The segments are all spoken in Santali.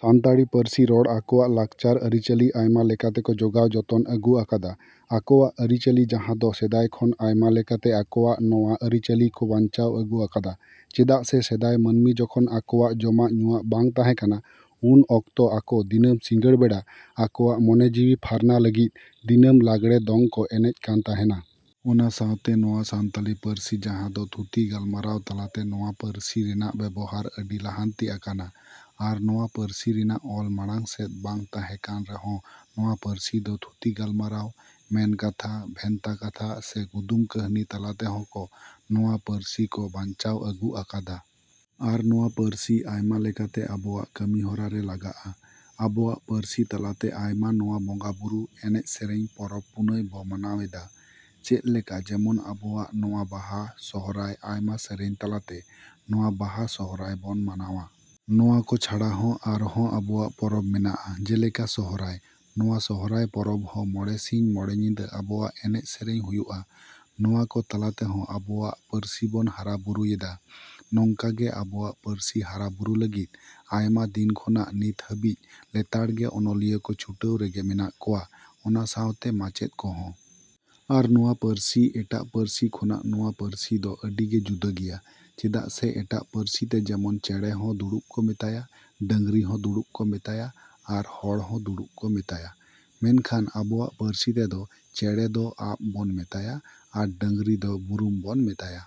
ᱥᱟᱱᱛᱟᱲᱤ ᱯᱟᱹᱨᱥᱤ ᱨᱚᱲ ᱟᱠᱚᱣᱟᱜ ᱞᱟᱠᱪᱟᱨ ᱟᱹᱨᱤᱪᱟᱹᱞᱤ ᱟᱭᱢᱟ ᱞᱮᱠᱟ ᱛᱮᱠᱚ ᱡᱳᱜᱟᱣ ᱡᱚᱛᱚᱱ ᱟᱹᱜᱩ ᱟᱠᱟᱫᱟ᱾ ᱟᱠᱚᱣᱟᱜ ᱟᱹᱨᱤ-ᱪᱟᱹᱞᱤ ᱡᱟᱦᱟᱸ ᱫᱚ ᱥᱮᱫᱟᱭ ᱠᱷᱚᱱ ᱟᱭᱢᱟ ᱞᱮᱠᱟᱛᱮ ᱟᱠᱚᱣᱟᱜ ᱱᱚᱣᱟ ᱟᱹᱨᱤ-ᱪᱟᱹᱞᱤ ᱠᱚ ᱵᱟᱧᱪᱟᱣ ᱟᱹᱜᱩ ᱟᱠᱟᱫᱟ᱾ ᱪᱮᱫᱟᱜ ᱥᱮ ᱥᱮᱫᱟᱭ ᱢᱟᱹᱱᱢᱤ ᱡᱚᱠᱷᱚᱱ ᱟᱠᱚᱣᱟᱜ ᱡᱚᱢᱟᱜ ᱧᱩᱣᱟᱜ ᱵᱟᱝ ᱛᱟᱦᱮᱸ ᱠᱟᱱᱟ, ᱩᱱ ᱚᱠᱛᱚ ᱟᱠᱚ ᱫᱤᱱᱟᱹᱢ ᱥᱤᱸᱜᱟᱹᱲ ᱵᱮᱲᱟ ᱟᱠᱚᱣᱟᱜ ᱢᱚᱱᱮ ᱡᱤᱣᱤ ᱯᱷᱟᱨᱱᱟ ᱞᱟᱹᱜᱤᱫ ᱫᱤᱱᱟᱹᱢ ᱞᱟᱜᱽᱲᱮ ᱫᱚᱝ ᱠᱚ ᱮᱱᱮᱡ ᱠᱟᱱ ᱛᱟᱦᱮᱱᱟ᱾ ᱚᱱᱟ ᱥᱟᱶᱛᱮ ᱱᱚᱣᱟ ᱥᱟᱱᱛᱟᱞᱤ ᱯᱟᱹᱨᱥᱤ ᱡᱟᱦᱟᱸ ᱫᱚ ᱛᱷᱩᱛᱤ ᱜᱟᱞᱢᱟᱨᱟᱣ ᱛᱟᱞᱟᱛᱮ ᱱᱚᱣᱟ ᱯᱟᱹᱨᱥᱤ ᱨᱮᱱᱟᱜ ᱵᱮᱵᱚᱦᱟᱨ ᱟᱹᱰᱤ ᱞᱟᱦᱟᱱᱛᱤ ᱟᱠᱟᱱᱟ᱾ ᱟᱨ ᱱᱚᱣᱟ ᱯᱟᱹᱨᱥᱤ ᱨᱮᱱᱟᱜ ᱚᱞ ᱢᱟᱲᱟᱝ ᱥᱮᱫ ᱵᱟᱝ ᱛᱟᱦᱮᱸ ᱠᱟᱱ ᱨᱮᱦᱚᱸ ᱱᱚᱣᱟ ᱯᱟᱹᱨᱥᱤ ᱫᱚ ᱛᱷᱩᱛᱤ ᱜᱟᱞᱢᱟᱨᱟᱣ, ᱢᱮᱱᱠᱟᱛᱷᱟ, ᱵᱷᱮᱱᱛᱟ ᱠᱟᱛᱷᱟ ᱥᱮ ᱠᱩᱫᱩᱢ ᱠᱟᱹᱦᱱᱤ ᱛᱟᱞᱟ ᱛᱮᱦᱚᱸ ᱠᱚ ᱱᱚᱣᱟ ᱯᱟᱹᱨᱥᱤ ᱠᱚ ᱵᱟᱧᱪᱟᱣ ᱟᱹᱜᱩ ᱟᱠᱟᱫᱟ᱾ ᱟᱨ ᱱᱚᱣᱟ ᱯᱟᱹᱨᱥᱤ ᱟᱭᱢᱟ ᱞᱮᱠᱟᱛᱮ ᱟᱵᱚᱣᱟᱜ ᱠᱟᱹᱢᱤ ᱦᱚᱨᱟ ᱨᱮ ᱞᱟᱜᱟᱜᱼᱟ᱾ ᱟᱵᱚᱣᱟᱜ ᱯᱟᱹᱨᱥᱤ ᱛᱟᱞᱟᱛᱮ ᱟᱭᱢᱟ ᱱᱚᱣᱟ ᱵᱚᱸᱜᱟ-ᱵᱩᱨᱩ, ᱮᱱᱮᱡ ᱥᱮᱨᱮᱧ, ᱯᱚᱨᱚᱵᱽ-ᱯᱩᱱᱟᱹᱭ ᱵᱚ ᱢᱟᱱᱟᱣ ᱮᱫᱟ᱾ ᱪᱮᱫ ᱞᱮᱠᱟ ᱡᱮᱢᱚᱱ ᱟᱵᱚᱣᱟᱜ ᱱᱚᱣᱟ ᱵᱟᱦᱟ, ᱥᱚᱦᱨᱟᱭ ᱟᱭᱢᱟ ᱥᱮᱨᱮᱧ ᱛᱟᱞᱟᱛᱮ ᱱᱚᱣᱟ ᱵᱟᱦᱟ ᱥᱚᱦᱨᱟᱭ ᱵᱚᱱ ᱢᱟᱱᱟᱣᱟ᱾ ᱱᱚᱣᱟᱠᱚ ᱪᱷᱟᱲᱟ ᱦᱚᱸ ᱟᱨᱦᱚᱸ ᱟᱵᱚᱣᱟᱜ ᱯᱚᱨᱚᱵᱽ ᱢᱮᱱᱟᱜᱼᱟ ᱡᱮᱞᱮᱠᱟ ᱥᱚᱦᱨᱟᱭ᱾ ᱱᱚᱣᱟ ᱥᱚᱦᱨᱟᱭ ᱯᱚᱨᱚᱵᱽ ᱦᱚᱸ ᱢᱚᱬᱮ ᱥᱤᱧ ᱢᱚᱬᱮ ᱧᱤᱫᱟᱹ ᱟᱵᱚᱣᱟᱜ ᱮᱱᱮᱡ ᱥᱮᱨᱮᱧ ᱦᱩᱭᱩᱜᱼᱟ᱾ ᱱᱚᱣᱟᱠᱚ ᱛᱟᱞᱟ ᱛᱮᱦᱚᱸ ᱟᱵᱚᱣᱟᱜ ᱯᱟᱹᱨᱥᱤᱵᱚᱱ ᱦᱟᱨᱟ-ᱵᱩᱨᱩᱭᱮᱫᱟ᱾ ᱱᱚᱝᱠᱟᱜᱮ ᱟᱵᱚᱣᱟᱜ ᱯᱟᱹᱨᱥᱤ ᱦᱟᱨᱟ-ᱵᱩᱨᱩ ᱞᱟᱹᱜᱤᱫ ᱟᱭᱢᱟ ᱫᱤᱱ ᱠᱷᱚᱱᱟᱜ ᱱᱤᱛ ᱦᱟᱹᱵᱤᱡ ᱞᱮᱛᱟᱲᱜᱮ ᱚᱱᱚᱞᱤᱭᱟᱹ ᱠᱚ ᱪᱷᱩᱴᱟᱹᱣ ᱨᱮᱜᱮ ᱢᱮᱱᱟᱜ ᱠᱚᱣᱟ ᱚᱱᱟ ᱥᱟᱶᱛᱮ ᱢᱟᱪᱮᱫ ᱠᱚᱦᱚᱸ᱾ ᱟᱨ ᱱᱚᱣᱟ ᱯᱟᱹᱨᱥᱤ ᱮᱴᱟᱜ ᱯᱟᱹᱨᱥᱤ ᱠᱷᱚᱱᱟᱜ ᱱᱚᱣᱟ ᱯᱟᱹᱨᱥᱤ ᱫᱚ ᱟᱹᱰᱤᱜᱮ ᱡᱩᱫᱟᱹ ᱜᱮᱭᱟ᱾ ᱪᱮᱫᱟᱜ ᱥᱮ ᱮᱴᱟᱜ ᱯᱟᱹᱨᱥᱤᱛᱮ ᱡᱮᱢᱚᱱ ᱪᱮᱸᱬᱮ ᱦᱚᱸ ᱫᱩᱲᱩᱵ ᱠᱚ ᱢᱮᱛᱟᱭᱟ, ᱰᱟᱝᱨᱤ ᱦᱚᱸ ᱫᱩᱲᱩᱵ ᱠᱚ ᱢᱮᱛᱟᱭᱟ ᱟᱨ ᱦᱚᱲᱦᱚᱸ ᱫᱩᱲᱩᱵ ᱠᱚ ᱢᱮᱛᱟᱭᱟ᱾ ᱢᱮᱱᱠᱷᱟᱱ ᱟᱵᱚᱣᱟᱜ ᱯᱟᱹᱨᱥᱤ ᱛᱮᱫᱚ ᱪᱮᱸᱬᱮ ᱫᱚ ᱟᱯ ᱵᱚᱱ ᱢᱮᱛᱟᱭᱟ ᱟᱨ ᱰᱟᱝᱨᱤ ᱫᱚ ᱵᱩᱨᱩᱢ ᱵᱚᱱ ᱢᱮᱛᱟᱭᱟ᱾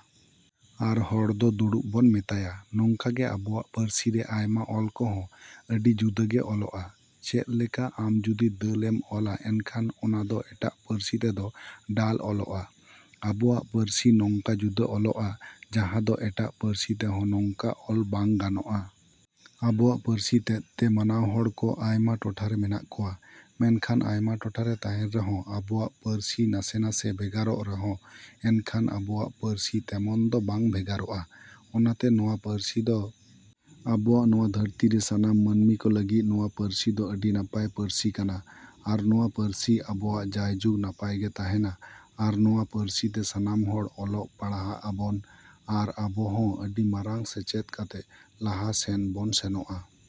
ᱟᱨ ᱦᱚᱲ ᱫᱚ ᱫᱩᱲᱩᱵ ᱵᱚᱱ ᱢᱮᱛᱟᱭᱟ᱾ ᱱᱚᱝᱠᱟᱜᱮ ᱟᱵᱚᱣᱟᱜ ᱯᱟᱹᱨᱥᱤ ᱨᱮ ᱟᱭᱢᱟ ᱚᱞ ᱠᱚᱦᱚᱸ ᱟᱹᱰᱤ ᱡᱩᱫᱟᱹᱜᱮ ᱚᱞᱚᱜᱼᱟ᱾ ᱪᱮᱫ ᱞᱮᱠᱟ ᱟᱢ ᱡᱩᱫᱤ ᱫᱟᱹᱞ ᱮᱢ ᱚᱞᱟ ᱮᱱᱠᱷᱟᱱ ᱚᱱᱟ ᱫᱚ ᱮᱴᱟᱜ ᱯᱟᱹᱨᱥᱤ ᱛᱮᱫᱚ ᱰᱟᱞ ᱚᱞᱚᱜᱼᱟ᱾ ᱟᱵᱚᱣᱟᱜ ᱯᱟᱹᱨᱥᱤ ᱱᱚᱝᱠᱟ ᱡᱩᱫᱟᱹ ᱚᱞᱚᱜᱼᱟ ᱡᱟᱦᱟᱸ ᱫᱚ ᱮᱴᱟᱜ ᱯᱟᱹᱨᱥᱤ ᱛᱮᱦᱚᱸ ᱱᱚᱝᱠᱟ ᱚᱞ ᱵᱟᱝ ᱜᱟᱱᱚᱜᱼᱟ᱾ ᱟᱵᱚᱣᱟᱜ ᱯᱟᱹᱨᱥᱤ ᱛᱮᱫ ᱛᱮ ᱢᱟᱱᱟᱣᱦᱚᱲ ᱠᱚ ᱟᱭᱢᱟ ᱴᱚᱴᱷᱟ ᱨᱮ ᱢᱮᱱᱟᱜ ᱠᱚᱣᱟ᱾ ᱢᱮᱱᱠᱷᱟᱱ ᱟᱭᱢᱟ ᱴᱚᱴᱷᱟᱨᱮ ᱛᱟᱦᱮᱱ ᱨᱮᱦᱚᱸ ᱟᱵᱚᱣᱟᱜ ᱯᱟᱹᱨᱥᱤ ᱱᱟᱥᱮ ᱱᱟᱥᱮ ᱵᱷᱮᱜᱟᱨᱚᱜ ᱨᱮᱦᱚᱸ ᱮᱱᱠᱷᱟᱱ ᱟᱵᱚᱣᱟᱜ ᱯᱟᱹᱨᱥᱤ ᱛᱮᱢᱚᱱ ᱫᱚ ᱵᱟᱝ ᱵᱷᱮᱜᱟᱨᱚᱜᱼᱟ᱾ ᱚᱱᱟᱛᱮ ᱱᱚᱣᱟ ᱯᱟᱹᱨᱥᱤ ᱫᱚ ᱟᱵᱚᱣᱟᱜ ᱱᱚᱣᱟ ᱫᱷᱟᱹᱨᱛᱤ ᱨᱮ ᱥᱟᱱᱟᱢ ᱢᱟᱹᱱᱢᱤ ᱠᱚ ᱞᱟᱹᱜᱤᱫ ᱱᱚᱣᱟ ᱯᱟᱹᱨᱥᱤ ᱫᱚ ᱟᱹᱰᱤ ᱱᱟᱯᱟᱭ ᱯᱟᱹᱨᱥᱤ ᱠᱟᱱᱟ ᱟᱨ ᱱᱚᱣᱟ ᱯᱟᱹᱨᱥᱤ ᱟᱵᱚᱣᱟᱜ ᱡᱟᱭᱡᱩᱜᱽ ᱱᱟᱯᱟᱭᱜᱮ ᱛᱟᱦᱮᱱᱟ ᱟᱨ ᱱᱚᱣᱟ ᱯᱟᱹᱨᱥᱤ ᱛᱮ ᱥᱟᱱᱟᱢ ᱦᱚᱲ ᱚᱞᱚᱜ ᱯᱟᱲᱦᱟᱜ ᱟᱵᱚᱱ ᱟᱨ ᱟᱵᱚᱦᱚᱸ ᱟᱹᱰᱤ ᱢᱟᱨᱟᱝ ᱥᱮᱪᱮᱫ ᱠᱟᱛᱮᱫ ᱞᱟᱦᱟ ᱥᱮᱱ ᱵᱚᱱ ᱥᱮᱱᱚᱜᱼᱟ᱾